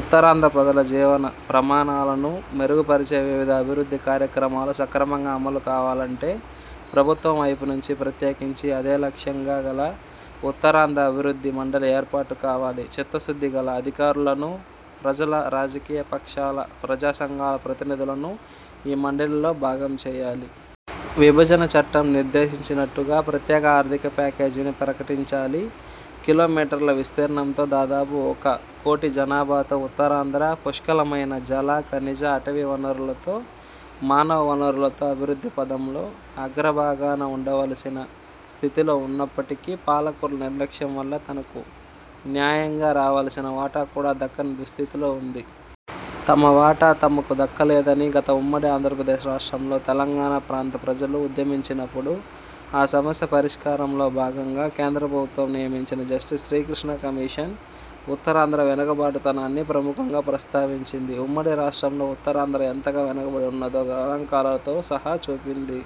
ఉత్తరాంధ్ర ప్రజల జీవన ప్రమాణాలను మెరుగు పరిచే వివిధ అభివృద్ధి కార్యక్రమాలు సక్రమంగా అమలు కావాలంటే, ప్రభుత్వం వైపు నుంచి ప్రత్యేకించి అదే లక్ష్యంగా గల ఉత్తరాంధ్ర అభివృద్ధి మండలి ఏర్పాటు కావాలి. చిత్తశుద్ధి గల అధికారులను, ప్రజల, రాజకీయ పక్షాల, ప్రజా సంఘాల ప్రతినిధులను ఈ మండలిలో భాగం చేయాలి. విభజన చట్టం నిర్దేశించినట్టుగా ప్రత్యేక ఆర్థిక ప్యాకేజీని ప్రకటించాలి. కిలో మీటర్ల విస్తీర్ణంతో, దాదాపు ఒక కోటి జనాభాతో ఉత్తరాంధ్ర, పుష్కలమైన జల, ఖనిజ, అటవీ వనరులతో, మానవ వనరులతో అభివృద్ధి పథంలో అగ్ర భాగాన ఉండవలసిన స్థితిలో ఉన్నప్పటికీ, పాలకులు నిర్లక్ష్యం వల్ల తనకు న్యాయంగా రావలసిన వాటా కూడా దక్కని దుస్థితిలో ఉంది. తమ వాటా తమకు దక్కలేదని గత ఉమ్మడి ఆంధ్రప్రదేశ్ రాష్ట్రంలో తెలంగాణ ప్రాంత ప్రజలు ఉద్యమించినప్పుడు, ఆ సమస్య పరిష్కారంలో భాగంగా కేంద్ర ప్రభుత్వం నియమించిన జస్టిస్ శ్రీకృష్ణ కమిషన్ ఉత్తరాంధ్ర వెనుకబాటుతనాన్ని ప్రముఖంగా ప్రస్తావించింది. ఉమ్మడి రాష్ట్రంలో ఉత్తరాంధ్ర ఎంతగా వెనుకబడి ఉన్నదో గణాంకాలతో సహా చూపింది.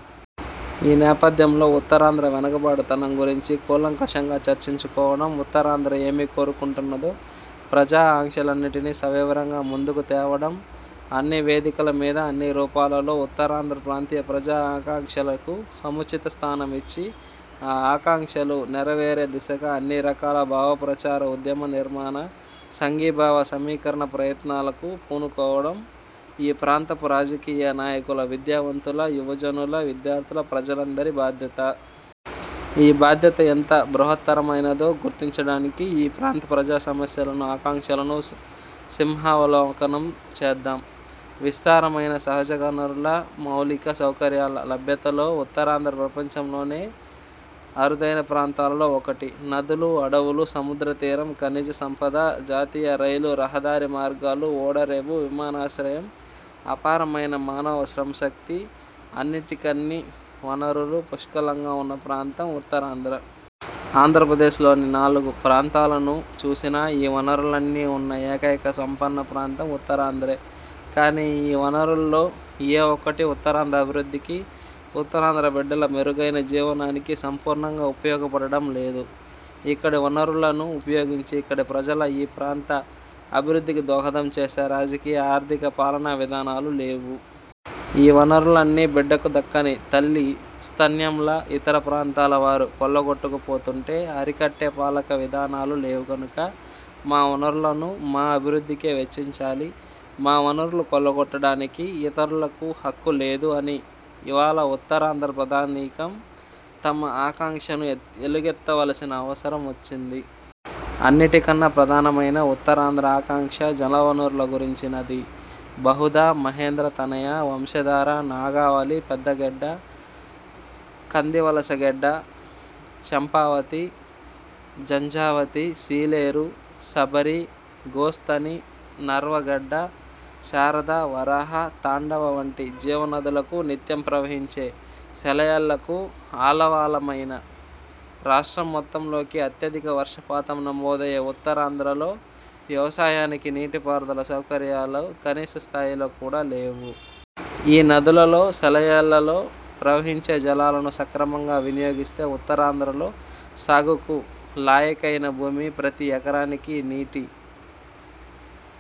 ఈ నేపథ్యంలో ఉత్తరాంధ్ర వెనుకబాటుతనం గురించి కూలంకషంగా చర్చించుకోవడం, ఉత్తరాంధ్ర ఏమి కోరుకుంటున్నదో ప్రజా ఆంక్షలన్నిటినీ సవివరంగా ముందుకు తేవడం, అన్ని వేదికల మీద, అన్ని రూపాలలో ఉత్తరాంధ్ర ప్రాంతీయ ప్రజా ఆకాంక్షలకు సముచిత స్థానం ఇచ్చి, ఆ ఆకాంక్షలు నెరవేరే దిశగా అన్నిరకాల భావ ప్రచార, ఉద్యమ నిర్మాణ, సంఘీభావ సమీకరణ ప్రయత్నాలకూ పూనుకోవడం ఈ ప్రాంతపు రాజకీయ నాయకుల, విద్యావంతుల, యువజనుల, విద్యార్థుల, ప్రజలందరి బాధ్యత. ఈ బాధ్యత ఎంత బృహత్తరమైనదో గుర్తించడానికి ఈ ప్రాంత ప్రజా సమస్యలను, ఆకాంక్షలను సింహావలోకనం చేద్దాం. విస్తారమైన సహజవనరుల, మౌలిక సౌకర్యాల లభ్యతలో ఉత్తరాంధ్ర ప్రపంచంలోనే అరుదైన ప్రాంతాలలో ఒకటి. నదులు, అడవులు, సముద్ర తీరం, ఖనిజ సంపద, జాతీయ రైలు, రహదారి మార్గాలు, ఓడరేవు, విమానాశ్రయం, అపారమైన మానవ శ్రమశక్తి, అన్నిటికన్ని వనరులూ పుష్కలంగా ఉన్న ప్రాంతం ఉత్తరాంధ్ర. ఆంధ్రప్రదేశ్లోని నాలుగు ప్రాంతాలను చూసినా ఈ వనరులన్నీ ఉన్న ఏకైక సంపన్న ప్రాంతం ఉత్తరాంధ్రే. కానీ ఈ వనరుల్లో ఏ ఒక్కటీ ఉత్తరాంధ్ర అభివృద్ధికి, ఉత్తరాంధ్ర బిడ్డల మెరుగైన జీవనానికి సంపూర్ణంగా ఉపయోగపడడం లేదు. ఇక్కడి వనరులను ఉపయోగించి ఇక్కడి ప్రజల, ఈ ప్రాంత అభివృద్ధికి దోహదం చేసే రాజకీయ, ఆర్థిక, పాలనా విధానాలు లేవు. ఈ వనరులన్నీ బిడ్డకు దక్కని తల్లి స్తన్యంలా ఇతర ప్రాంతాల వారు కొల్లగొట్టుకు పోతుంటే అరికట్టే పాలక విధానాలు లేవు. కనుక 'మా వనరులను మా అభివృద్ధికే వెచ్చించాలి', 'మా వనరులు కొల్లగొట్టడానికి ఇతరులకు హక్కు లేదు' అని ఇవాళ ఉత్తరాంధ్ర ప్రజానీకం తమ ఆకాంక్షను ఎత్ ఎలుగెత్తవలసిన అవసరం వచ్చింది. అన్నిటికన్నా ప్రధానమైన ఉత్తరాంధ్ర ఆకాంక్ష జల వనరుల గురించినది. బాహుదా, మహేంద్ర తనయ, వంశధార, నాగావళి, పెద్ద గడ్డ, కందివలస గడ్డ, చంపావతి, జంఝావతి, సీలేరు, శబరి, గోస్తని, నర్వ గడ్డ, శారద, వరాహ, తాండవ వంటి జీవ నదులకూ నిత్యం ప్రవహించే సెలయేళ్లకూ ఆలవాలమైన, రాష్ట్రం మొత్తంలోకి అత్యధిక వర్షపాతం నమోదయ్యే ఉత్తరాంధ్రలో వ్యవసాయానికి నీటి పారుదల సౌకర్యాలు కనీస స్థాయిలో కూడా లేవు. ఈ నదులలో సెలయేళ్లలో ప్రవహించే జలాలను సక్రమంగా వినియోగిస్తే ఉత్తరాంధ్రలో సాగుకు లాయకైన భూమి ప్రతి ఎకరానికీ నీటి